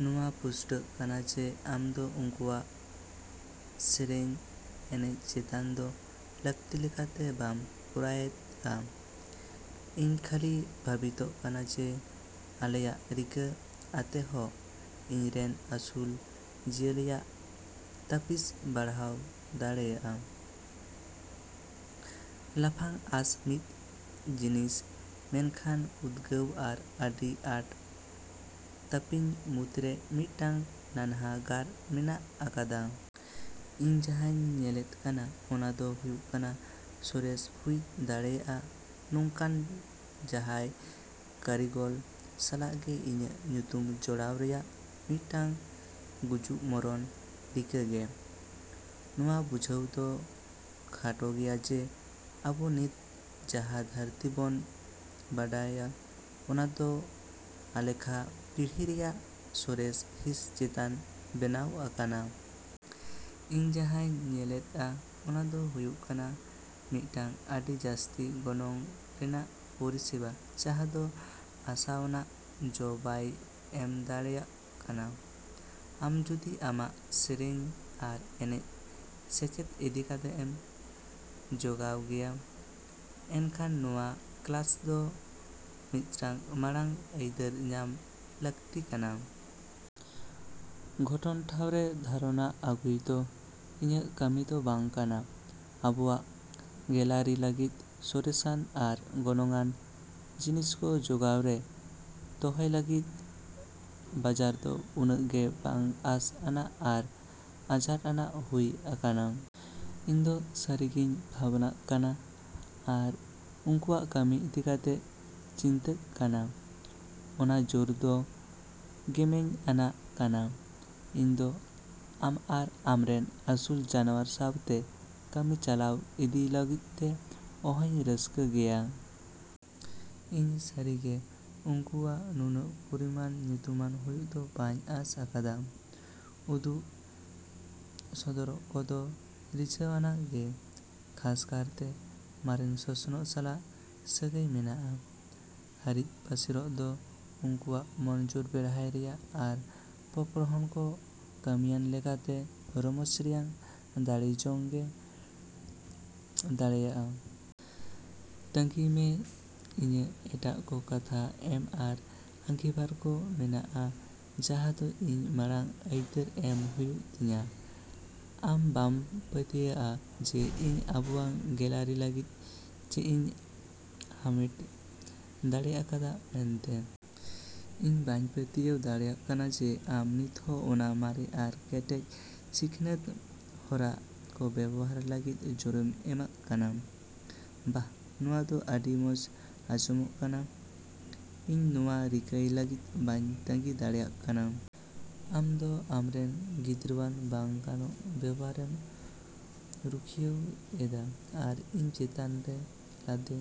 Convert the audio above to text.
ᱱᱚᱣᱟ ᱯᱩᱥᱴᱟᱹᱜ ᱠᱟᱱᱟ ᱡᱮ ᱟᱢ ᱫᱚ ᱩᱱᱠᱩᱣᱟᱜ ᱥᱮᱨᱮᱧ, ᱮᱱᱮᱪ ᱥᱮᱸᱲᱟ ᱫᱚ ᱞᱟᱹᱠᱛᱤ ᱞᱮᱠᱟᱛᱮ ᱵᱟᱢ ᱠᱚᱨᱟᱣᱮᱫᱼᱟ ᱾ ᱤᱧ ᱠᱷᱟᱹᱞᱤ ᱵᱷᱟᱹᱵᱤᱛᱚᱜ ᱠᱟᱱᱟ ᱡᱮ ᱟᱞᱮᱭᱟᱜ ᱨᱤᱠᱟᱹ ᱟᱛᱮᱫᱦᱚᱸ, ᱤᱧ ᱨᱮᱱ ᱟᱹᱥᱩᱞ ᱡᱤᱭᱟᱹᱞᱤᱭᱟᱜ ᱛᱟᱹᱯᱤᱥ ᱵᱟᱲᱦᱟᱣ ᱫᱟᱲᱮᱭᱟᱜᱼᱟ ᱾ ᱞᱟᱯᱷᱟᱝ ᱟᱸᱥ ᱢᱤᱫ ᱡᱤᱱᱤᱥ, ᱢᱮᱱᱠᱷᱟᱱ ᱩᱫᱜᱟᱹᱣ ᱟᱨ ᱟᱹᱰᱤ ᱟᱸᱴ ᱛᱟᱹᱯᱤᱧ ᱢᱩᱫᱽᱨᱮ ᱢᱤᱫᱴᱟᱝ ᱱᱟᱱᱦᱟ ᱜᱟᱨ ᱢᱮᱱᱟᱜ ᱟᱠᱟᱫᱟ ᱾ ᱤᱧ ᱡᱟᱦᱟᱸᱧ ᱧᱮᱞᱮᱫ ᱠᱟᱱᱟ ᱚᱱᱟ ᱫᱚ ᱦᱩᱭᱩᱜ ᱠᱟᱱᱟ ᱥᱚᱨᱮᱥ ᱦᱩᱭ ᱫᱟᱲᱮᱭᱟᱜᱼᱟ ᱱᱚᱝᱠᱟᱱ ᱡᱟᱦᱟᱭ ᱠᱟᱹᱨᱤᱜᱚᱞ ᱥᱟᱞᱟᱜ ᱜᱮ ᱤᱧᱟᱜ ᱧᱩᱛᱩᱢ ᱡᱚᱲᱟᱣ ᱨᱮᱭᱟᱜ ᱢᱤᱫᱴᱟᱝ ᱜᱩᱡᱩᱜ ᱢᱚᱨᱚᱱ ᱨᱤᱠᱟᱹ ᱜᱮ ᱾ ᱱᱚᱣᱟ ᱵᱩᱡᱷᱟᱹᱣ ᱫᱚ ᱠᱷᱟᱴᱚ ᱜᱮᱭᱟ ᱡᱮ ᱟᱵᱚ ᱱᱤᱛ ᱡᱟᱦᱟ ᱫᱷᱟᱹᱨᱛᱤ ᱵᱚᱱ ᱵᱟᱰᱟᱭᱟ ᱚᱱᱟ ᱫᱚ ᱟᱞᱮᱠᱷᱟ ᱯᱤᱲᱦᱤ ᱨᱮᱭᱟᱜ ᱥᱟᱨᱮᱡ ᱦᱤᱸᱥ ᱪᱮᱛᱟᱱ ᱵᱮᱱᱟᱣ ᱟᱠᱟᱱᱟ ᱾ ᱤᱧ ᱡᱟᱦᱟᱸᱧ ᱧᱮᱞᱮᱫᱼᱟ ᱚᱱᱟ ᱫᱚ ᱦᱩᱭᱩᱜ ᱠᱟᱱᱟ ᱢᱤᱫᱴᱟᱝ ᱟᱹᱰᱤ ᱡᱟᱹᱥᱛᱤ ᱜᱚᱱᱚᱝ ᱨᱮᱭᱟᱜ ᱯᱚᱨᱤᱥᱮᱵᱟ ᱡᱟᱦᱟᱸ ᱫᱚ ᱟᱥᱟᱣᱟᱱᱟᱜ ᱡᱚ ᱵᱟᱭ ᱮᱢ ᱫᱟᱲᱮᱭᱟᱜ ᱠᱟᱱᱟ ᱾ ᱟᱢ ᱡᱩᱫᱤ ᱟᱢᱟᱜ ᱥᱮᱹᱨᱮᱹᱧ ᱟᱨ ᱮᱱᱮᱪ ᱥᱮᱪᱮᱫ ᱤᱫᱤ ᱠᱟᱛᱮᱢ ᱡᱟᱜᱣᱟᱨ ᱜᱮᱭᱟ, ᱮᱱᱠᱷᱟᱱ ᱱᱚᱶᱟ ᱠᱞᱟᱥ ᱫᱚ ᱢᱤᱫᱴᱟᱝ ᱢᱟᱲᱟᱝ ᱟᱹᱭᱫᱟᱹᱨ ᱧᱟᱢ ᱞᱟᱹᱠᱛᱤ ᱠᱟᱱᱟ ᱾ ᱜᱷᱚᱴᱚᱱ ᱴᱷᱟᱶ ᱨᱮ ᱫᱷᱟᱨᱚᱱᱟ ᱟᱹᱜᱩᱭ ᱫᱚ ᱤᱧᱟᱹᱜ ᱠᱟᱹᱢᱤ ᱫᱚ ᱵᱟᱝ ᱠᱟᱱᱟ ᱾ ᱟᱵᱚᱣᱟᱜ ᱜᱮᱞᱟᱨᱤ ᱞᱟᱹᱜᱤᱫ ᱥᱚᱨᱮᱥᱼᱟᱱ ᱟᱨ ᱜᱚᱱᱚᱝᱼᱟᱱ ᱡᱤᱱᱤᱥ ᱠᱚ ᱡᱚᱜᱟᱣ ᱨᱮ ᱫᱚᱦᱚᱭ ᱞᱟᱹᱜᱤᱫ ᱵᱟᱡᱟᱨ ᱫᱚ ᱱᱩᱱᱟᱹᱜ ᱜᱮ ᱵᱟᱝ ᱟᱥ ᱟᱱᱟᱜ ᱟᱨ ᱟᱡᱷᱟᱴ ᱟᱱᱟᱜ ᱦᱩᱭ ᱟᱠᱟᱱᱟ ᱾ ᱤᱧ ᱫᱚ ᱥᱟᱹᱨᱤᱜᱮᱧ ᱵᱷᱟᱵᱱᱟᱜ ᱠᱟᱱᱟ ᱟᱨ ᱩᱱᱠᱩᱣᱟᱜ ᱠᱟᱹᱢᱤ ᱤᱫᱤ ᱠᱟᱛᱮᱧ ᱪᱤᱱᱛᱟᱹᱜ ᱠᱟᱱᱟ ᱾ ᱚᱱᱟ ᱡᱳᱨ ᱫᱚ ᱜᱮᱢᱮᱧ ᱟᱱᱟᱜ ᱠᱟᱱᱟ! ᱤᱧ ᱫᱚ ᱟᱢ ᱟᱨ ᱟᱢᱨᱮᱱ ᱟᱹᱥᱩᱞ ᱡᱟᱱᱣᱟᱨ ᱥᱟᱶᱛᱮ ᱠᱟᱹᱢᱤ ᱪᱟᱞᱟᱣ ᱤᱫᱤᱭ ᱞᱟᱹᱜᱤᱫᱛᱮ ᱦᱚᱸᱧ ᱨᱟᱹᱥᱠᱟᱹ ᱜᱮᱭᱟ ᱾ ᱤᱧ ᱥᱟᱹᱨᱤᱜᱮ ᱩᱱᱠᱩᱣᱟᱜ ᱱᱩᱱᱟᱹᱜ ᱯᱚᱨᱤᱢᱟᱱ ᱧᱩᱛᱩᱢᱟᱱ ᱦᱩᱭᱩᱜ ᱫᱚ ᱵᱟᱹᱧ ᱟᱸᱥ ᱟᱠᱟᱫᱟ ᱾ ᱩᱫᱩᱜ ᱥᱚᱫᱚᱨᱟᱜ ᱠᱚᱫᱚ ᱨᱤᱡᱷᱟᱹᱣ ᱟᱱᱟᱜ ᱜᱮ, ᱠᱷᱟᱥ ᱠᱟᱨᱛᱮ ᱢᱟᱨᱮᱱ ᱥᱚᱥᱱᱚᱜ ᱥᱟᱞᱟᱜ ᱥᱟᱹᱜᱟᱹᱭ ᱢᱮᱱᱟᱜᱼᱟ ᱾ ᱦᱟᱹᱨᱤᱡᱽ ᱯᱟᱹᱥᱤᱨᱚᱜ ᱫᱚ ᱩᱱᱠᱩᱣᱟᱜ ᱢᱚᱱᱚᱡᱳᱜ ᱵᱮᱲᱦᱟᱨ ᱨᱮᱭᱟᱜ ᱟᱨ ᱯᱚᱯᱚᱲᱦᱚᱱ ᱠᱚ ᱠᱟᱹᱢᱤᱭᱟᱱ ᱞᱮᱠᱟᱛᱮ ᱨᱚᱰᱚᱡᱽ ᱨᱮᱭᱟᱜ ᱫᱟᱲᱮᱭ ᱡᱟᱝᱜᱮ ᱫᱟᱲᱮᱭᱟᱜᱼᱟ ᱾ ᱛᱟᱸᱜᱤᱭ ᱢᱮ, ᱤᱧᱟᱜ ᱮᱴᱟᱜ ᱠᱚ ᱠᱟᱛᱷᱟ ᱮᱢ ᱟᱨ ᱟᱸᱜᱤᱵᱷᱟᱨ ᱠᱚ ᱢᱮᱱᱟᱜᱼᱟ ᱡᱟᱦᱟ ᱫᱚ ᱤᱧ ᱢᱟᱲᱟᱝ ᱟᱹᱭᱫᱟᱹᱨ ᱮᱢ ᱦᱩᱭᱩᱜ ᱛᱤᱧᱟ ᱾ ᱟᱢ ᱵᱟᱢ ᱯᱟᱹᱛᱭᱟᱜᱼᱟ ᱡᱮ ᱤᱧ ᱟᱵᱚᱣᱟᱜ ᱜᱮᱞᱟᱨᱤ ᱞᱟᱹᱜᱤᱫ ᱪᱮᱫᱤᱧ ᱦᱟᱢᱮᱴ ᱫᱟᱲᱮ ᱟᱠᱟᱫᱟ ᱢᱮᱱᱛᱮ! ᱤᱧ ᱵᱟᱹᱧ ᱯᱟᱹᱛᱭᱟᱹᱣ ᱫᱟᱲᱮᱭᱟᱜ ᱠᱟᱱᱟ ᱡᱮ ᱟᱢ ᱱᱤᱛᱦᱚᱸ ᱚᱱᱟ ᱢᱟᱨᱮ ᱟᱨ ᱠᱮᱴᱮᱡ ᱥᱤᱠᱷᱱᱟᱹᱛ ᱦᱚᱨᱟ ᱠᱚ ᱵᱮᱣᱦᱟᱨ ᱞᱟᱹᱜᱤᱫ ᱡᱳᱨᱮᱢ ᱮᱢᱟᱜ ᱠᱟᱱᱟ! ᱵᱟᱦ, ᱱᱚᱶᱟ ᱫᱚ ᱟᱹᱰᱤ ᱢᱚᱡ ᱟᱸᱡᱚᱢᱚᱜ ᱠᱟᱱᱟ! ᱤᱧ ᱱᱚᱶᱟ ᱨᱤᱠᱟᱹᱭ ᱞᱟᱹᱜᱤᱫ ᱵᱟᱹᱧ ᱛᱟᱸᱜᱤ ᱫᱟᱲᱮᱭᱟᱜ ᱠᱟᱱᱟ ᱾ ᱟᱢ ᱫᱚ ᱟᱢᱨᱮᱱ ᱜᱤᱫᱽᱨᱟᱣᱟᱜ ᱵᱟᱝ ᱜᱟᱱᱚᱜ ᱵᱮᱣᱦᱟᱨᱮᱢ ᱨᱩᱠᱷᱤᱭᱟᱹᱣ ᱮᱫᱟ ᱟᱨ ᱤᱧ ᱪᱮᱛᱟᱱ ᱨᱮ ᱞᱟᱫᱮ᱾